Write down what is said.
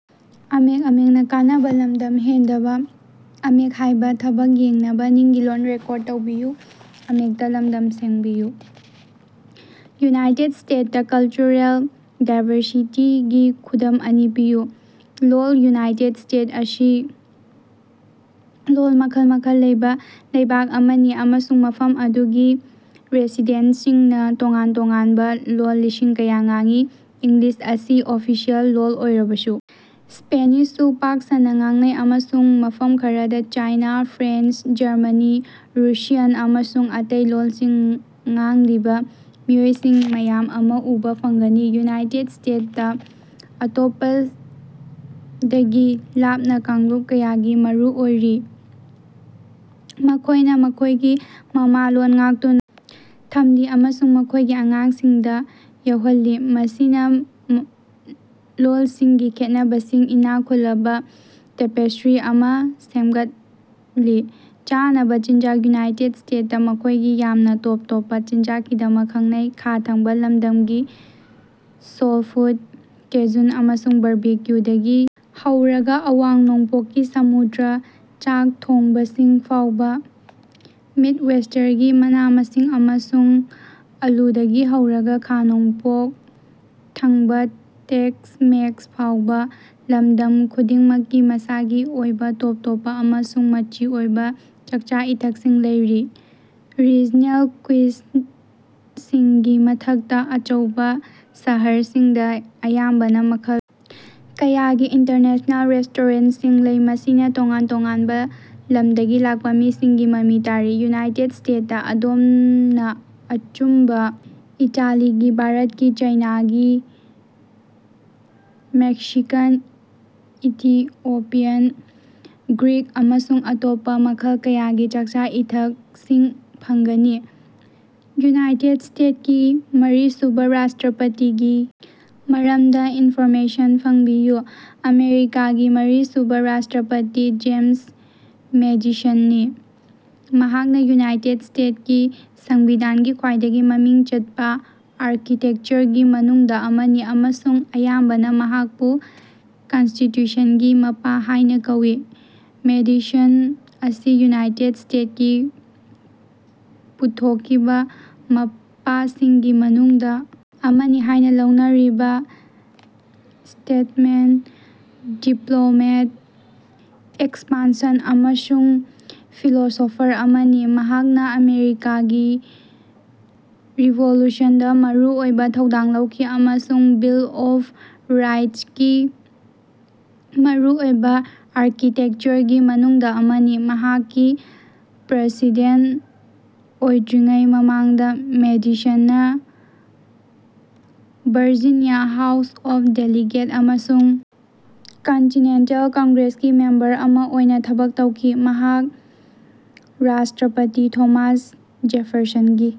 United state ꯇ cultural ꯗꯥꯏꯕꯔꯁꯤꯇꯤꯒꯤ ꯈꯨꯗꯝ ꯑꯅꯤ ꯄꯤꯌꯨ꯫ ꯂꯣꯜ: ꯌꯨꯅꯥꯏꯇꯦꯗ ꯁ꯭ꯇꯦꯠ ꯑꯁꯤ ꯂꯣꯜ ꯃꯈꯜ ꯃꯈꯜ ꯂꯩꯕ ꯂꯩꯕꯥꯛ ꯑꯃꯅꯤ ꯑꯃꯁꯨꯡ ꯃꯐꯝ ꯑꯗꯨꯒꯤ ꯔꯦꯁꯤꯗꯦꯟꯇꯁꯤꯡꯅꯥ ꯇꯣꯉꯥꯟ ꯇꯣꯉꯥꯟꯕ ꯂꯣꯜ ꯂꯤꯁꯤꯡ ꯀꯌꯥ ꯉꯥꯡꯏ꯫ ꯏꯪꯂꯤꯁ ꯑꯁꯤ ꯑꯣꯐꯤꯁꯤꯑꯦꯜ ꯂꯣꯜ ꯑꯣꯏꯔꯕꯁꯨ ꯁ꯭ꯄꯦꯅꯤꯁꯁꯨ ꯄꯥꯛ ꯁꯟꯅꯥ ꯉꯥꯡꯅꯩ ꯑꯃꯁꯨꯡ ꯃꯐꯝ ꯈꯔꯗ ꯆꯥꯏꯅꯥ, ꯐ꯭ꯔꯦꯟꯆ, ꯖꯔꯃꯅꯤ, ꯔꯨꯁꯤꯌꯥꯟ ꯑꯃꯁꯨꯡ ꯑꯇꯩ ꯂꯣꯜꯁꯤꯡ ꯉꯥꯡꯂꯤꯕ ꯃꯤꯑꯣꯏꯁꯤꯡ ꯃꯌꯥꯝ ꯑꯃ ꯎꯕꯥ ꯐꯪꯒꯅꯤ꯫ ꯌꯨꯅꯥꯏꯇꯦꯗ ꯁ꯭ꯇꯦꯗ ꯇꯥ ꯑꯇꯣꯞꯄꯗꯒꯤ ꯂꯥꯛꯄ ꯀꯥꯡꯂꯨꯞ ꯀꯌꯥꯒꯤ ꯃꯌꯨꯝ ꯑꯣꯏꯔꯤ ꯃꯈꯣꯢꯅ ꯃꯈꯣꯢꯒꯤ ꯃꯃꯥꯂꯣꯟ ꯉꯥꯛꯇꯨꯅ ꯊꯝꯂꯤ ꯑꯃꯁꯨꯡ ꯃꯈꯣꯢꯒꯤ ꯑꯉꯥꯡꯁꯤꯡꯗ ꯌꯧꯍꯜꯂꯤ ꯃꯁꯤꯅ ꯂꯣꯜꯁꯤꯡꯒꯤ ꯈꯦꯠꯅꯕꯁꯤꯡ ꯏꯅꯥꯛ ꯈꯨꯜꯂꯕ ꯇꯦꯄꯦꯁ꯭ꯠꯔꯤ ꯑꯃꯥ ꯁꯦꯝꯒꯠꯂꯤ꯫ ꯆꯥꯅꯕ ꯆꯤꯟꯖꯥꯛ: ꯌꯨꯅꯥꯏꯇꯦꯗ ꯁ꯭ꯇꯦꯗ ꯅꯥ ꯃꯈꯣꯢꯒꯤ ꯌꯥꯝꯅ ꯇꯣꯞ ꯇꯣꯞꯄ ꯆꯤꯟꯖꯥꯛꯀꯤꯗꯃꯛ ꯈꯪꯅꯩ꯫ ꯈꯥ ꯊꯪꯕꯥ ꯂꯝꯗꯝꯒꯤ ꯁꯣꯜ ꯐꯨꯗ, ꯀꯦꯖꯨꯟ ꯑꯃꯁꯨꯡ ꯕꯤꯕꯤꯀꯤꯎ ꯗꯒꯤ ꯍꯧꯔꯒ ꯑꯋꯥꯡ-ꯅꯣꯡꯄꯣꯛꯀꯤ ꯁꯃꯨꯗ꯭ꯔꯒꯤ ꯆꯥꯛ ꯊꯣꯡꯕꯁꯤꯡ ꯐꯥꯎꯕ ꯃꯤꯗꯋꯦꯁꯇꯔꯒꯤ ꯃꯅꯥ-ꯃꯁꯤꯡ ꯑꯃꯁꯨꯡ ꯑꯥꯂꯨꯗꯒꯤ ꯍꯧꯔꯒ ꯈꯥ-ꯅꯣꯡꯄꯣꯛ ꯊꯪꯕ ꯇꯦꯛꯁ-ꯃꯦꯛꯁ ꯐꯥꯎꯕ ꯂꯝꯗꯝ ꯈꯨꯗꯤꯡꯃꯛꯀꯤ ꯃꯁꯥꯒꯤ ꯑꯣꯏꯕ ꯇꯣꯞ ꯇꯣꯞꯄ ꯑꯃꯁꯨꯡ ꯃꯆꯤ ꯑꯣꯏꯕ ꯆꯥꯛꯆꯥ-ꯏꯊꯛꯁꯤꯡ ꯂꯩ꯫ ꯔꯤꯖꯅꯦꯜ ꯀ꯭ꯌꯨꯏꯖꯁꯤꯡꯒꯤ ꯃꯊꯛꯇ ꯑꯆꯧꯕ ꯁꯍꯔꯁꯤꯡꯗ ꯑꯌꯥꯝꯕꯅ ꯃꯈꯜ ꯀꯌꯥꯒꯤ ꯏꯟꯇꯔꯅꯦꯁꯅꯦꯜ ꯔꯦꯁꯇꯣꯔꯦꯟꯇꯁꯤꯡ ꯂꯩ ꯃꯁꯤꯅ ꯇꯣꯉꯥꯟ ꯇꯣꯉꯥꯟꯕ ꯂꯝꯗꯒꯤ ꯂꯥꯛꯄ ꯃꯤꯁꯤꯡꯒꯤ ꯃꯃꯤ ꯇꯥꯔꯤ꯫ ꯌꯨꯅꯥꯏꯇꯦꯗ ꯁ꯭ꯇꯦꯗ ꯇꯥ ꯑꯗꯣꯝꯅ ꯑꯆꯨꯝꯕ ꯏꯇꯥꯂꯤꯒꯤ, ꯚꯥꯔꯇꯀꯤ, ꯆꯥꯏꯅꯥꯒꯤ, ꯃꯦꯛꯁꯤꯀꯥꯟ, ꯏꯊꯤꯑꯣꯄꯤꯌꯥꯟ, ꯒ꯭ꯔꯤꯛ ꯑꯃꯁꯨꯡ ꯑꯇꯣꯞꯄ ꯃꯈꯜ ꯀꯌꯥꯒꯤ ꯆꯥꯛꯆꯥ-ꯏꯊꯛꯁꯤꯡ ꯐꯪꯒꯅꯤ꯫ ꯌꯨꯅꯥꯏꯇꯦꯗ ꯁ꯭ꯇꯦꯇꯁꯀꯤ ꯃꯔꯤꯁꯨꯕ ꯔꯥꯁꯇ꯭ꯔꯥꯄꯇꯤꯒꯤ ꯃꯔꯝꯗ ꯏꯟꯐꯣꯔꯃꯦꯁꯟ ꯐꯪꯕꯤꯌꯨ꯫ ꯑꯃꯦꯔꯤꯀꯥꯒꯤ ꯃꯔꯤꯁꯨꯕ ꯔꯥꯁꯇ꯭ꯔꯥꯄꯇꯤ ꯖꯦꯃꯁ ꯃꯦꯗꯤꯁꯟꯅꯤ꯫ ꯃꯍꯥꯛ ꯌꯨꯅꯥꯏꯇꯦꯗ ꯁ꯭ꯇꯦꯗ ꯀꯤ ꯁꯪꯕꯤꯙꯥꯟꯒꯤ ꯈ꯭ꯋꯥꯏꯗꯒꯤ ꯃꯃꯤꯡ ꯆꯠꯄ ꯑꯥꯔꯀꯤꯇꯦꯀꯆꯔꯒꯤ ꯃꯅꯨꯡꯗ ꯑꯃꯅꯤ ꯑꯃꯁꯨꯡ ꯑꯌꯥꯝꯕꯅ ꯃꯍꯥꯛꯄꯨ "ꯀꯟꯁꯇꯤꯇ꯭ꯌꯨꯁꯟꯒꯤ ꯃꯄꯥ" ꯍꯥꯢꯅ ꯀꯧꯏ꯫ ꯃꯦꯗꯤꯁꯟ ꯑꯁꯤ ꯌꯨꯅꯥꯏꯇꯦꯗ ꯁ꯭ꯇꯦꯇꯀꯤ ꯄꯨꯊꯣꯛꯈꯤꯕ ꯃꯄꯥꯁꯤꯡꯒꯤ ꯃꯅꯨꯡꯗ ꯑꯃꯅꯤ ꯍꯥꯢꯅ ꯂꯧꯅꯔꯤꯕ ꯁ꯭ꯇꯦꯇꯃꯦꯟ, ꯗꯤꯄ꯭ꯂꯣꯃꯦꯠ, ꯑꯦꯛꯁꯄꯥꯟꯁꯟ ꯑꯃꯁꯨꯡ ꯐꯤꯂꯣꯁꯣꯐꯔ ꯑꯃꯅꯤ꯫ ꯃꯍꯥꯛꯅ ꯑꯃꯦꯔꯤꯀꯥꯒꯤ ꯔꯤꯚꯣꯂꯨꯁꯟꯗ ꯃꯔꯨꯑꯣꯏꯕ ꯊꯧꯗꯥꯡ ꯂꯧꯈꯤ ꯑꯃꯁꯨꯡ ꯕꯤꯜ ꯑꯣꯐ ꯔꯥꯏꯠꯁꯀꯤ ꯃꯔꯨꯑꯣꯏꯕ ꯑꯥꯔꯀꯤꯇꯦꯛꯆꯔꯒꯤ ꯃꯅꯨꯡꯗ ꯑꯃꯅꯤ꯫ ꯃꯍꯥꯛꯀꯤ ꯄ꯭ꯔꯥꯁꯤꯗꯦꯟꯇ ꯑꯣꯏꯗ꯭ꯔꯤꯉꯩ ꯃꯃꯥꯡꯗ ꯃꯦꯗꯤꯁꯟꯅ ꯚꯥꯔꯖꯤꯅꯤꯌꯥ ꯍꯥꯎꯁ ꯑꯣꯐ ꯗꯦꯂꯤꯒꯦꯠ ꯑꯃꯁꯨꯡ ꯀꯟꯇꯤꯅꯦꯟꯇꯜ ꯀꯪꯒ꯭ꯔꯦꯁꯀꯤ ꯃꯦꯝꯕꯔ ꯑꯃ ꯑꯣꯏꯅ ꯊꯕꯛ ꯇꯧꯈꯤ꯫ ꯃꯍꯥꯛ ꯔꯥꯁꯇ꯭ꯔꯥꯄꯇꯤ ꯊꯣꯃꯥꯁ ꯖꯦꯐꯔꯁꯟꯒꯤ꯫